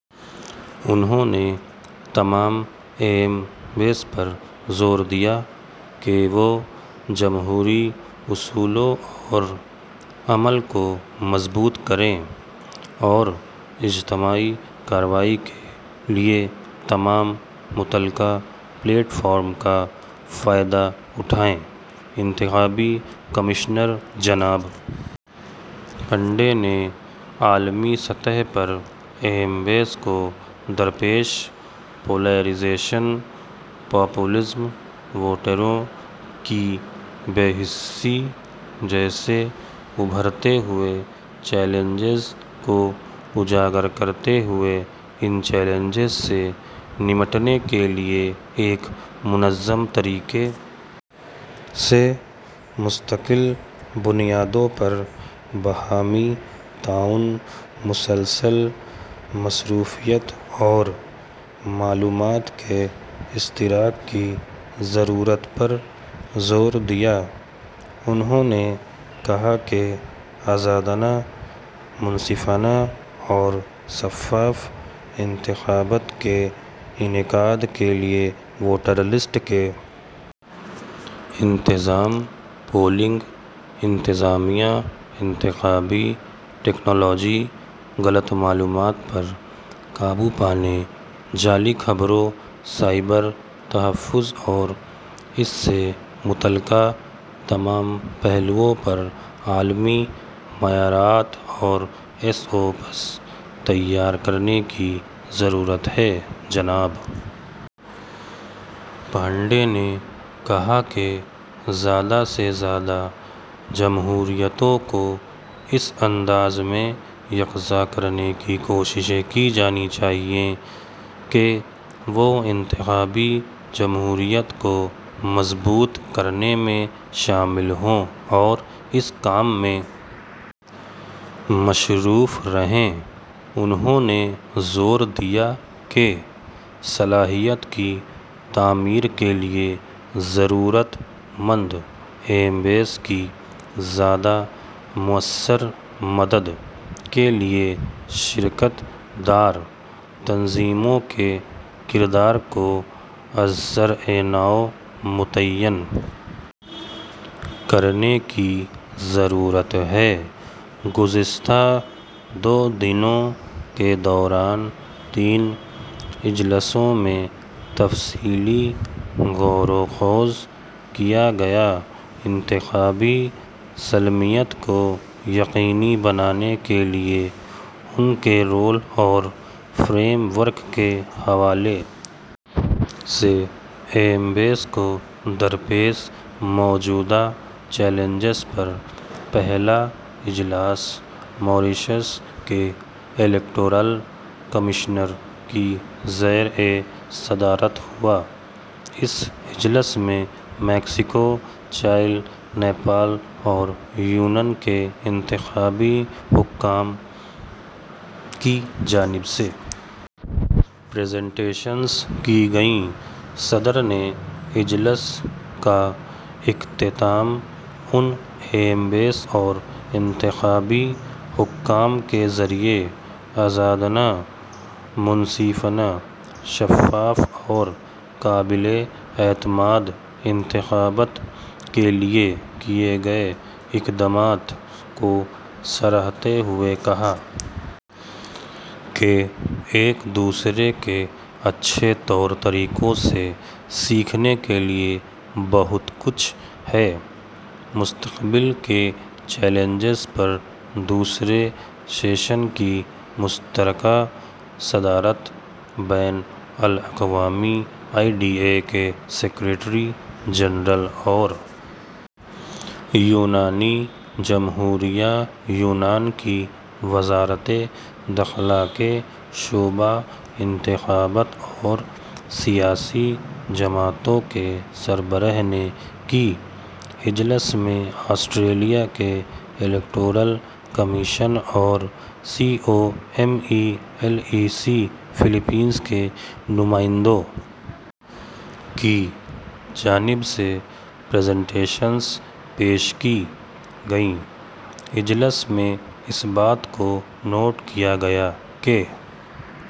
انہوں نے تمام ای ایم بیز پر زور دیا کہ وہ جمہوری اصولوں اور عمل کو مضبوط کریں اور اجتماعی کارروائی کے لیے تمام متعلقہ پلیٹ فارمز کا فائدہ اٹھائیں انتخابی کمشنر جناب پانڈے نے عالمی سطح پر ای ایم بیز کو درپیش پولرائزیشن پاپولزم ووٹروں کی بے حسی جیسے ابھرتے ہوئے چیلنجوں کو اجاگر کرتے ہوئے ان چیلنجوں سے نمٹنے کے لیے ایک منظم طریقے سے مستقل بنیادوں پر باہمی تعاون مسلسل مصروفیت اور معلومات کے اشتراک کی ضرورت پر زور دیا انہوں نے کہا کہ آزادانہ منصفانہ اور شفاف انتخابات کے انعقاد کے لیے ووٹر لسٹ کے انتظام پولنگ انتظامیہ انتخابی ٹیکنالوجی غلط معلومات پر قابو پانے جعلی خبروں سائبر تحفظ اور اس سے متعلقہ تمام پہلوؤں پر عالمی معیارات اور ایس او پیز تیار کرنے کی ضرورت ہے جناب پانڈے نے کہا کہ زیادہ سے زیادہ جمہوریتوں کو اس انداز میں یکجا کرنے کی کوششیں کی جانی چاہئیں کہ وہ انتخابی جمہوریت کو مضبوط کرنے میں شامل ہوں اور اس کام میں مصروف رہیں انہوں نے زور دیا کہ صلاحیت کی تعمیر کے لیے ضرورت مند ای ایم بیز کی زیادہ موثر مدد کے لیے شراکت دار تنظیموں کے کردار کو از سر نو متعین کرنے کی ضرورت ہے گزشتہ دو دنوں کے دوران تین اجلاسوں میں تفصیلی غور و خوض کیا گیا انتخابی سالمیت کو یقینی بنانے کے لیے ان کے رول اور فریم ورک کے حوالے سے ای ایم بیز کو درپیش موجودہ چیلنجز پر پہلا اجلاس ماریشس کے الیکٹورل کمشنر کی زیر صدارت ہوا اس اجلاس میں میکسیکو چلی نیپال اور یونان کے انتخابی حکام کی جانب سے پریزنٹیشنز کی گئیں صدر نے اجلاس کا اختتام ان ای ایم بیز اور انتخابی حکام کے ذریعے آزادانہ منصفانہ شفاف اور قابل اعتماد انتخابات کے لیے کیے گئے اقدامات کو سراہتے ہوئے کہا کہ ایک دوسرے کے اچھے طور طریقوں سے سیکھنے کے لیے بہت کچھ ہے مستقبل کے چیلنجز پر دوسرے سیشن کی مشترکہ صدارت بین الاقوامی آئی ڈی ای اے کے سیکرٹری جنرل اور یونانی جمہوریہ یونان کی وزارت داخلہ کے شعبہ انتخابات اور سیاسی جماعتوں کے سربراہ نے کی اجلاس میں آسٹریلیا کے الیکٹورل کمیشن اور C O M E L E C Philippines کے نمائندوں کی جانب سے پریزنٹیشنز پیش کی گئیں اجلاس میں اس بات کو نوٹ کیا گیا کہ